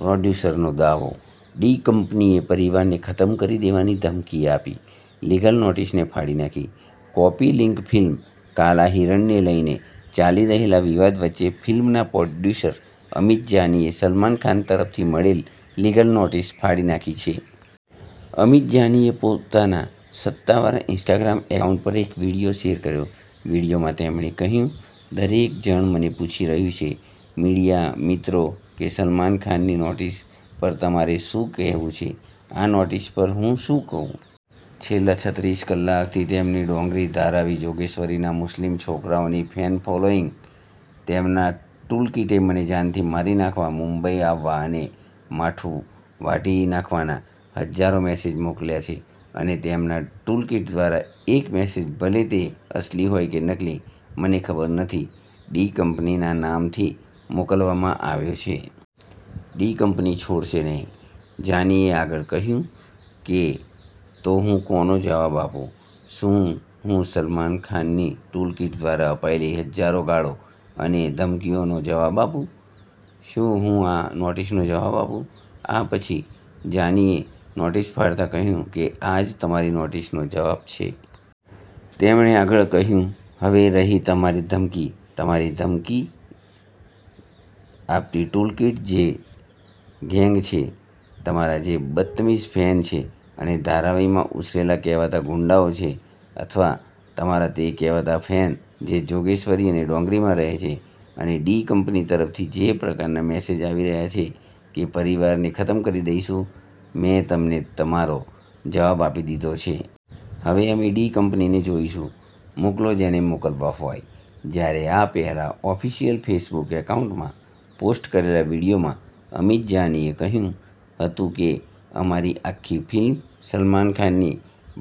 પ્રોડ્યુસરનો દાવો:- "ડી-કંપનીએ પરિવારને ખતમ કરી દેવાની ધમકી આપી"; લીગલ નોટિસને ફાડી નાખી. કૉપી લિંક ફિલ્મ 'કાલા હિરણ'ને લઈને ચાલી રહેલા વિવાદ વચ્ચે ફિલ્મના પ્રોડ્યુસર અમિત જાનીએ સલમાન ખાન તરફથી મળેલ લીગલ નોટિસ ફાડી નાખી છે. અમિત જાનીએ પોતાના સત્તાવાર ઇન્સ્ટાગ્રામ એકાઉન્ટ પર એક વીડિયો શેર કર્યો. વીડિયોમાં તેમણે કહ્યું, "દરેક જણ મને પૂછી રહ્યું છે, મીડિયા, મિત્રો, કે સલમાન ખાનની નોટિસ પર તમારે શું કહેવું છે? આ નોટિસ પર હું શું કહું? છેલ્લા છત્રીસ કલાકથી તેમની ડોંગરી, ધારાવી, જોગેશ્વરીના મુસ્લિમ છોકરાઓની ફેન ફોલોઈંગ, તેમના ટૂલકિટે મને જાનથી મારી નાખવા, મુંબઈ આવવા અને માથું વાઢી નાખવાના હજારો મેસેજ મોકલ્યા છે, અને તેમના ટૂલકિટ દ્વારા એક મેસેજ, ભલે તે અસલી હોય કે નકલી, મને ખબર નથી, ડી-કંપનીના નામથી મોકલવામાં આવ્યો છે. ડી-કંપની છોડશે નહીં." જાનીએ આગળ કહ્યું કે, "તો હું કોનો જવાબ આપું? શું હું સલમાન ખાનની ટૂલકિટ દ્વારા અપાયેલી હજારો ગાળો અને ધમકીઓનો જવાબ આપું? શું હું આ નોટિસનો જવાબ આપું?" આ પછી જાનીએ નોટિસ ફાડતા કહ્યું કે, "આ જ તમારી નોટિસનો જવાબ છે." તેમણે આગળ કહ્યું, "હવે રહી તમારી ધમકી, તમારી જે ધમકી આપતી ટૂલકિટ છે, જે ગેંગ છે, તમારા જે બદતમીઝ ફેન છે, અને ધારાવીમાં ઉછરેલા કહેવાતા ગુંડાઓ છે, અથવા તમારા તે કહેવાતા ફેન જે જોગેશ્વરી અને ડોંગરીમાં રહે છે, અને ડી-કંપની તરફથી જે પ્રકારના મેસેજ આવી રહ્યા છે કે પરિવારને ખતમ કરી દઈશું, મેં તમને તમારો જવાબ આપી દીધો છે. હવે અમે ડી-કંપનીને જોઈશું. મોકલો, જેને મોકલવા હોય." જ્યારે, આ પહેલા ઓફિશિયલ ફેસબુક એકાઉન્ટમાં પોસ્ટ કરેલા વીડિયોમાં અમિત જાનીએ કહ્યું હતું કે, "અમારી આખી ફિલ્મ સલમાન ખાનની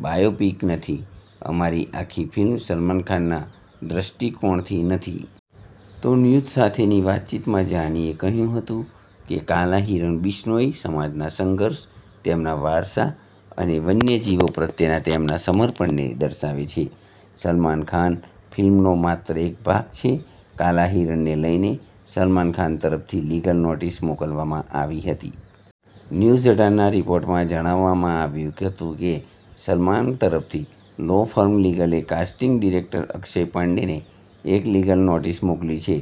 બાયોપિક નથી. અમારી આખી ફિલ્મ સલમાન ખાનના દૃષ્ટિકોણથી નથી." તો ન્યૂઝ સાથેની વાતચીતમાં જાનીએ કહ્યું હતું કે, ''કાલા હિરણ' બિશ્નોઈ સમાજના સંઘર્ષ, તેમના વારસા અને વન્યજીવો પ્રત્યેના તેમના સમર્પણને દર્શાવે છે. સલમાન ખાન ફિલ્મનો માત્ર એક ભાગ છે." 'કાલા હિરણ'ને લઈને સલમાન તરફથી લીગલ નોટિસ મોકલવામાં આવી હતી. ન્યૂઝ અઢારના રિપોર્ટમાં જણાવવામાં આવ્યું હતું કે, "સલમાન તરફથી લો ફર્મ લીગલે કાસ્ટિંગ ડિરેક્ટર અક્ષય પાંડેને એક લીગલ નોટિસ મોકલી છે.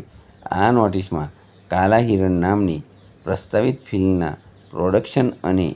આ નોટિસમાં 'કાલા હિરણ' નામની પ્રસ્તાવિત ફિલ્મના પ્રોડક્શન અને